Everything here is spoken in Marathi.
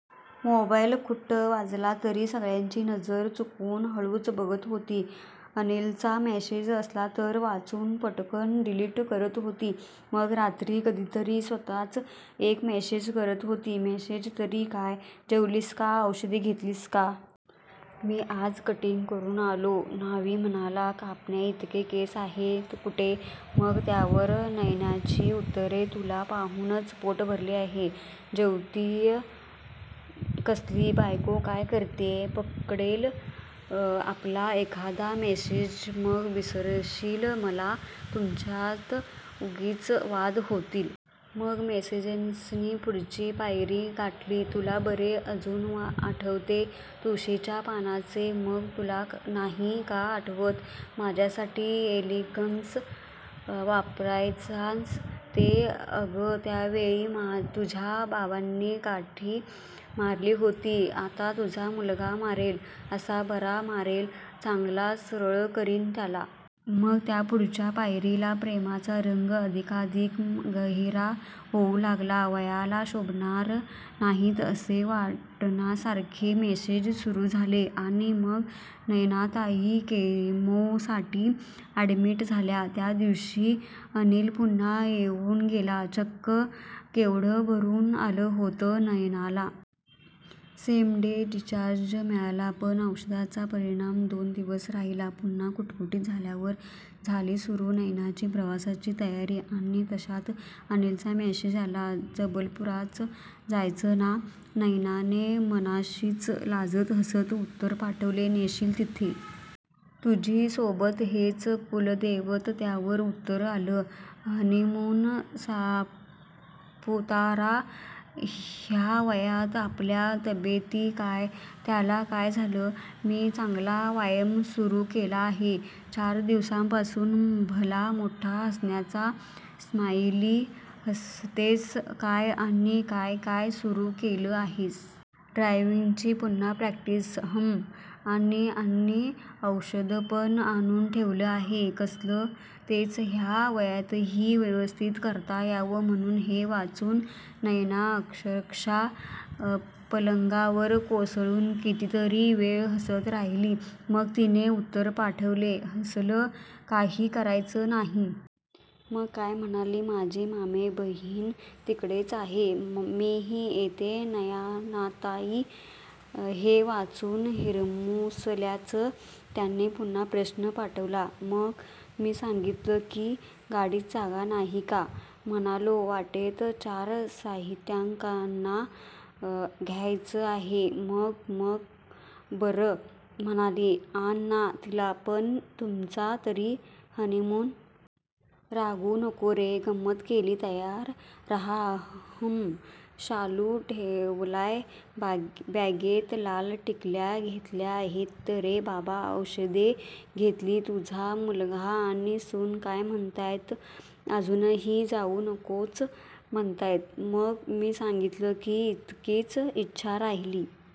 मोबाईल खुट्ट वाजला तरी सगळ्यांची नजर चुकवून हळूच बघत होती. अनिलचा मेसेज असला तर वाचून पटकन डिलीट करत होती. मग रात्री कधीतरी स्वतःच एक मेसेज करत होती. मेसेज तरी काय? जेवलीस का? औषधे घेतलीस का? मी आज कटिंग करून आलो, न्हावी म्हणाला कापण्याइतके केस आहेत कुठे? मग त्यावर नयनाची उत्तरे! तुला पाहूनच पोट भरले आहे. जेवतीय कसली? बायको काय करतीय? पकडेल आपला एखादा मेसेज! मग विसरशील मला! तुमच्यात उगीच वाद होतील. मग मेसेजेसनी पुढची पायरी गाठली. तुला बरे अजून आठवते तुळशीच्या पानांचे? मग? तुला नाही का आठवत माझ्यासाठी 'एलिगन्स' वापरायचास ते? अगं त्यावेळी तुझ्या बाबांनी काठी मारली होती, आता तुझा मुलगा मारेल. असा बरा मारेल, चांगला सरळ करीन त्याला! मग त्यापुढच्या पायरीला प्रेमाचा रंग अधिकाधिक गहिरा होऊ लागला. वयाला शोभणार नाहीत असे वाटण्यासारखे मेसेजेस सुरू झाले. आणि मग नयनाताई केमोसाठी अॅडमीट झाल्या. त्यादिवशी अनिल पुन्हा येऊन गेला. चक्क! केवढं भरून आलं होतं नयनाला! सेम डे डिसचार्ज मिळाला. पण औषधांचा परिणाम दोन दिवस राहिला. पुन्हा खुटखुटीत झाल्यावर झाली सुरू नयनाची प्रवासाची तयारी! आणि तश्यात अनिलचा मेसेज आला. 'जबलपूरलाच जायचंय ना? 'नयनाने मनाशीच लाजत हसत उत्तर पाठवले. 'नेशील तिथे! तुझी सोबत हेच कुलदैवत'त्यावर उत्तर आलं! 'हनीमून? सापूतारा? ''ह्या वयात? ''आपल्या तब्येती काय''त्याला काय झालं? मी चांगला व्यायाम सुरू केला आहे चार दिवसांपासून''भला मोठा हसण्याचा स्मायली''हसतेस काय? ''आणि काय काय सुरू केलं आहेस? ''ड्रायव्हिंगची पुन्हा प्रॅक्टिस''हम्म्म! आणि? ''आणि औषधपण आणून ठेवलं आहे''कसलं? ''तेच! ह्या वयातही व्यवस्थित करता यावं म्हणून'हे वाचून नयना अक्षरशः पलंगावर कोसळून कितीतरी वेळ हसत राहिली. मग तिने उत्तर पाठवले. 'असलं काही करायचं नाहीये. ''मग काय? म्हणाली माझी मामेबहिण तिकडेच आहे, मीही येते'नयनाताई हे वाचून हिरमुसल्याच. त्यांनी पुन्हा प्रश्न पाठवला. 'मग? मी सांगितलं की गाडीत जागा नाही''का? '"म्हणालो वाटेत चार साहित्यिकांना घ्यायचं आहे''मग? ''मग बरं म्हणाली''आण ना तिला पण, तुमचा तरी हनीमून होईल''नीट बोलायचं नाही आहे का? ''रागवू नको रे, गंमत केली''तयार राहा''हम्म्म्म''शालू? 'ठेवलाय बॅगेत''लाल टिकल्या? ''घेतल्या आहेत रे बाबा''औषधे? ''घेतली''तुझा मुलगा आणि सून काय म्हणतायत? ''अजूनही जाऊ नकोच म्हणतायत''मग? मी सांगितलं की इतकीच इच्छा राहिली